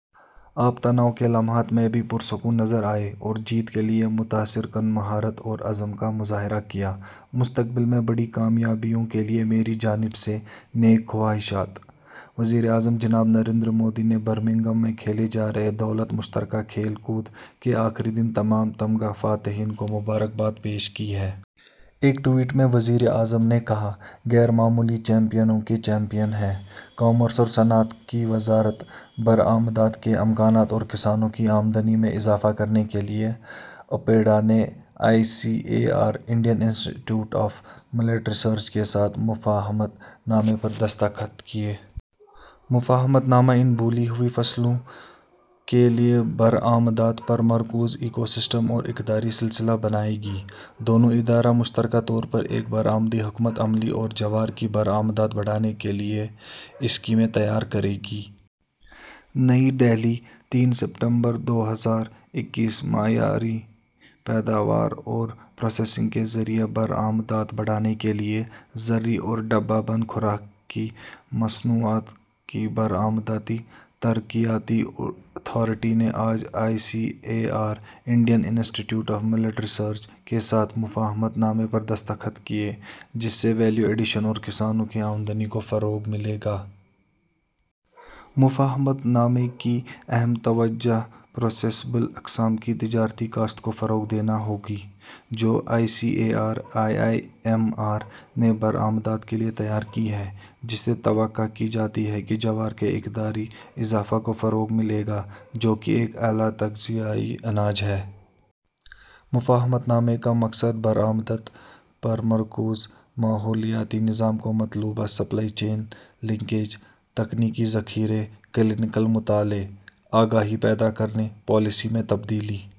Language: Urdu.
آپ تناؤ کے لمحات میں بھی پرسکون نظر آئے اور جیت کے لیے متاثر کن مہارت اور عزم کا مظاہرہ کیا۔ مستقبل میں بڑی کامیابیوں کے لیے میری جانب سے نیک خواہشات۔ وزیر اعظم جناب نریندر مودی نے برمنگھم میں کھیلے جارہے دولت مشترکہ کھیل کود کے آخری دن تمام تمغہ فاتحین کو مبارکباد پیش کی ہے۔ ایک ٹوئیٹ میں وزیر اعظم نے کہا، غیر معمولی چیمپئنوں کے چیمپئن ہیں۔ کامرس اور صنعت کی وزارت۔ برآمدات کے امکانات اور کسانوں کی آمدنی میں اضافہ کرنے کے لیے، اپیڈا نے I C A R, Indian Institute of Millet Research, کے ساتھ مفاہمت نامے پر دستخط کیے۔ مفاہمت نامہ ان بھولی ہوئی فصلوں کے لیے برآمدات پر مرکوز ایکو سسٹم اور اقداری سلسلہ بنائے گا۔ دونوں ادارے مشترکہ طور پر ایک برآمدی حکمت عملی اور جوار کی برآمدات بڑھانے کے لیے اسکیمیں تیار کریں گے۔ نئی دہلی، تین ستمبر دو ہزار اکیس۔ معیاری پیداوار اور پروسیسنگ کے ذریعے برآمدات بڑھانے کے لیے، زرعی اور ڈبہ بند خوراک کی مصنوعات کی برآمداتی ترقیاتی اتھارٹی نے آج I C A R, Indian Institute of Millet Research, کے ساتھ مفاہمت نامے پر دستخط کیے، جس سے ویلیو ایڈیشن اور کسانوں کی آمدنی کو فروغ ملے گا۔ مفاہمت نامے کی اہم توجہ پروسیسبل اقسام کی تجارتی کاشت کو فروغ دینا ہوگی، جو I C A R, I I M R نے برآمدات کے لیے تیار کی ہیں، جس سے توقع کی جاتی ہے کہ جوار کے اقداری اضافے کو فروغ ملے گا، جو کہ ایک اعلیٰ تغذیائی اناج ہے۔ مفاہمت نامے کا مقصد برآمدات پر مرکوز ماحولیاتی نظام کو مطلوبہ سپلائی چین لنکیجز، تکنیکی ذخیرے، کلینیکل مطالعے، آگاہی پیدا کرنے، پالیسی میں تبدیلی...